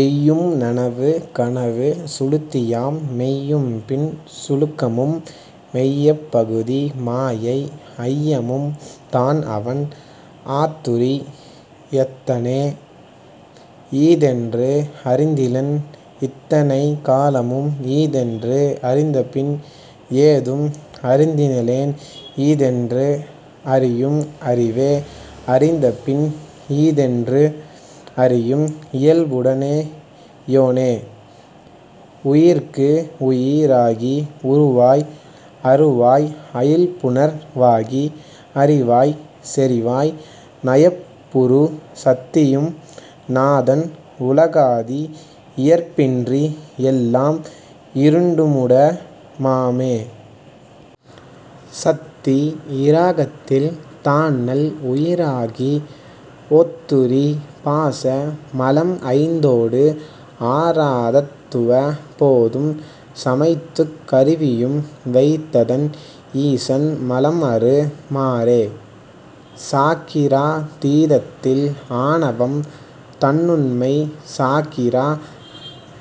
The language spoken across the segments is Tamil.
எய்யும் நனவு கனவு சுழுத்தியாம் மெய்யும்பின் சுழுக்கமும் மெய்ப்பகுதி மாயை ஐயமும் தான்அவன் அத்துரி யத்தனே. ஈதென்று அறிந்திலன் இத்தனை காலமும் ஈதென்று அறிந்தபின் ஏதும் அறிந்திலேன் ஈதென்று அறியும் அறிவை அறிந்தபின் ஈதென்று அறியும் இயல்புடை யோனே. உயிர்க்குஉயி ராகி உருவாய் அருவாய் அயல்புணர் வாகி அறிவாய்ச் செறிவாய் நயப்புறு சத்தியும் நாதன் உலகாதி இயற்பின்றி எல்லாம் இருண்மூட மாமே. சத்தி இராகத்தில் தான்நல் உயிராகி ஒத்துறி பாச மலம்ஐந்தோடு ஆறாறு தத்துவ பேதம் சமைத்துக் கருவியும் வைத்தனன் ஈசன் மலம்அறு மாறே. சாக்கிரா தீதத்தில் ஆணவம் தன்னுண்மை சாக்கிரா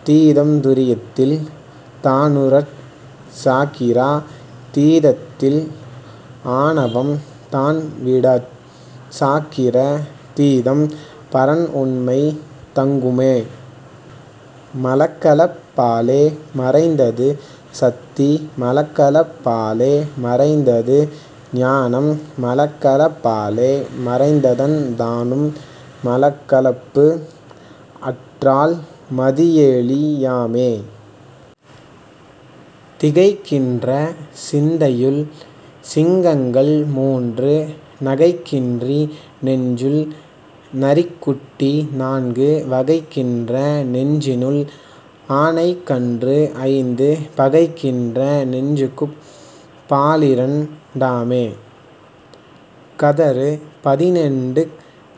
தீதம் துரியத்தில் தானுறச் சாக்கிரா தீதத்தில் ஆணவம் தான்விடாச் சாக்கிரா தீதம் பரன்உண்மை தங்குமே. மலக்கலப் பாலே மறைந்தது சத்தி மலக்கலப் பாலே மறைந்தது ஞானம் மலக்கலப் பாலே மறைந்தனன் தாணு மலக்கலப்பு அற்றால் மதியொளி யாமே. திகைக்கின்ற சிந்தையுள் சிங்கங்கள் மூன்று நகைக்கின்ற நெஞ்சுள் நரிக்குட்டி நான்கு வகைக்கின்ற நெஞ்சினுள் ஆனைக்கன்று ஐந்து பகைக்கின்ற நெஞ்சுக்குப் பாலிரண் டாமே. கதறு பதினெட்டுக்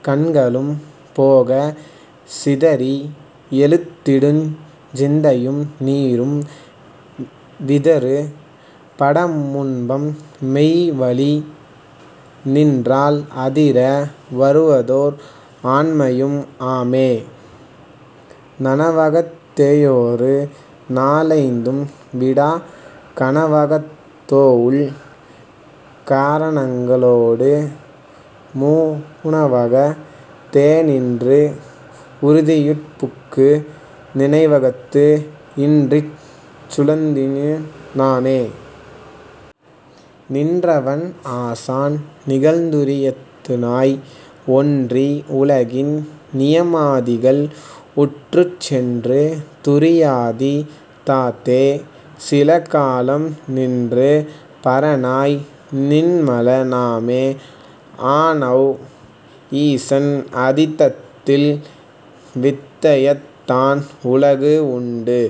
கண்களும் போகச் சிதறி எழுந்திடுஞ் சிந்தையை நீரும் விதறு படாமுன்னம் மெய்வழி நின்றால் அதிர வருவதோர் ஆனையும் ஆமே. நனவகத் தேயொரு நாலைந்தும் வீடக் கனவகத் தேஉள் கரணங்க ளோடு முனவகத் தேநின்று உதறியுட் புக்கு நினைவகத்து இன்றிச் சுழுத்திநின் றானே. நின்றவன் ஆசான் நிகழ்துரி யத்தனாய் ஒன்றி உலகின் நியமாதிகள் உற்றுச் சென்று துரியாதீ தத்தே சிலகாலம் நின்று பரனாய் நின்மல னாமே. ஆனஅவ் ஈசன் அதீதத்தில் வித்தையாத் தான்உலகு உண்டு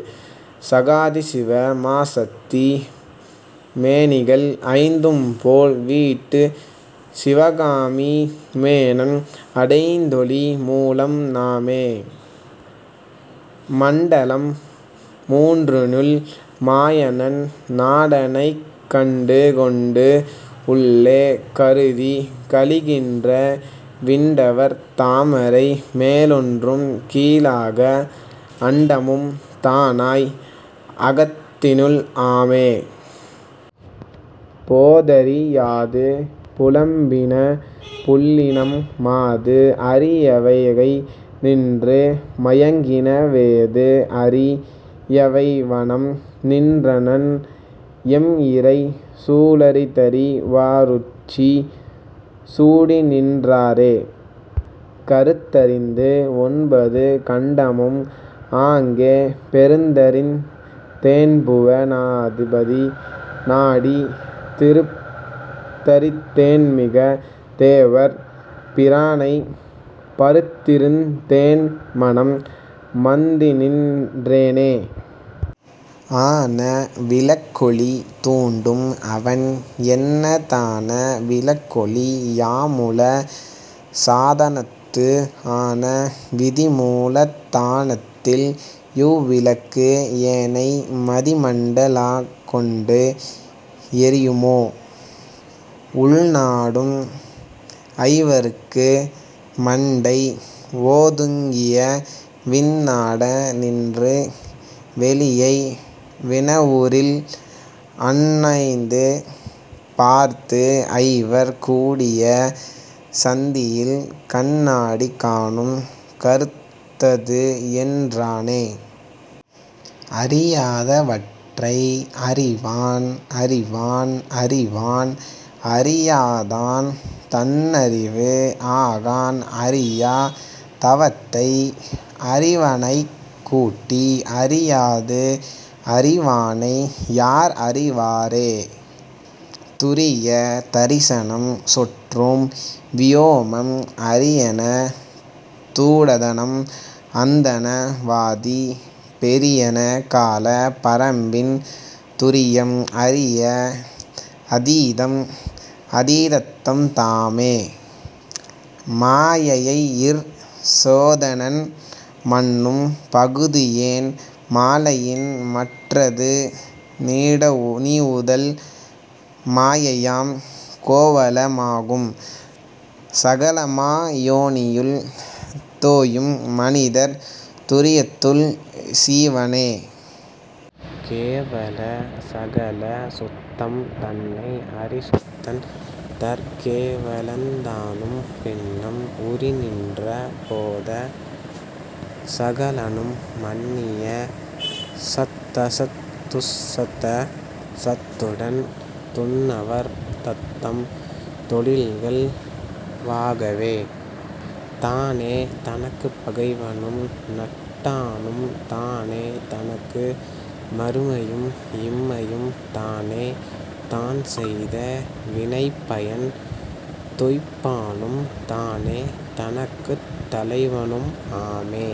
சதாசிவ மாசத்தி மேனிகள் ஐந்தும்போல் விட்டுச் சிவமாகி மோனம் அடைந்தொளி மூலத் னாமே. மண்டலம் மூன்றினுள் மாயநன் நாடனைக் கண்டுகொண்டு உள்ளே கருதிக் கழிகின்ற விண்டவர் தாமரை மேலொன்றும் கீழாக அண்டமும் தானாய் அகத்தினுள் ஆமே. போதறி யாது புலம்பின புள்ளினம் மாது அறி யாவகை நின்று மயங்கின வேதுஅறி யாவணம் நின்றனன் எம்இறை சூதறி வாருச்சி சூடிநின் றாரே. கருத்தறிந்து ஒன்பது கண்டமும் ஆங்கே பொருந்தறிந் தேன்புவ னாபதி நாடித் திருத்தறிந் தேன்மிகு தேவர் பிரானை பருத்தறிந் தேன்மனம் மன்னிநின் றேனே. ஆன விளக்கொளி தூண்டும் அவன் என்னத் தான விளக்கொளி யாம்மூல சாதனத்து ஆன விதிமூலத் தானத்தில் அவ்விளக்கு ஏனை மதிமண்ட லம்கொண்டு எரியுமே. உள்நாடும் ஐவர்க்கு மண்டை ஓதுங்கிய விண்நாட நின்ற வெளியை வினவுறில் அண்ணாந்து பார்த்துஐவர் கூடிய சந்தியில் கண்நாடி காணும் கருத்ததுஎன் றானே. அறியாத வற்றை அறிவான் அறிவான் அறிவான் அறியாதான் தன்னறிவு ஆகான் அறியா தவத்தை அறிவானைக் கூட்டி அறியாது அறிவானை யார்அறிவாரே. துரிய தரிசனம் சொற்றோம் வியோமம் அரியன தூடணம் அந்தண வாதி பெரியன கால பரம்பின் துரியம் அரிய அதீதம் அதீதத்த தாமே. மாயையிற் சேதனன் மன்னும் பகுதியோன் மாயையின் மற்றது நீவுதல் மாயையாம் கேவல மாகும் சகலமா யோனியுள் தோயும் மனிதர் துரியத்துள் சீவனே.. கேவல சகல சுத்தம் தன்னை அறிசுத்தன் தற்கேவ லன்தானும் பின்னம் உறநின்ற பேத சகலனும் மன்னிய சத்தசத் துச்சத சத்துடன் துன்னவர் தத்தம் தொழில்கள் வாகவே. தானே தனக்குப் பகைவனும் நட்டானும் தானே தனக்கு மறுமையும் இம்மையும் தானே தான்செய்த வினைப்பயன் துய்ப்பானும் தானே தனக்குத் தலைவனும் ஆமே.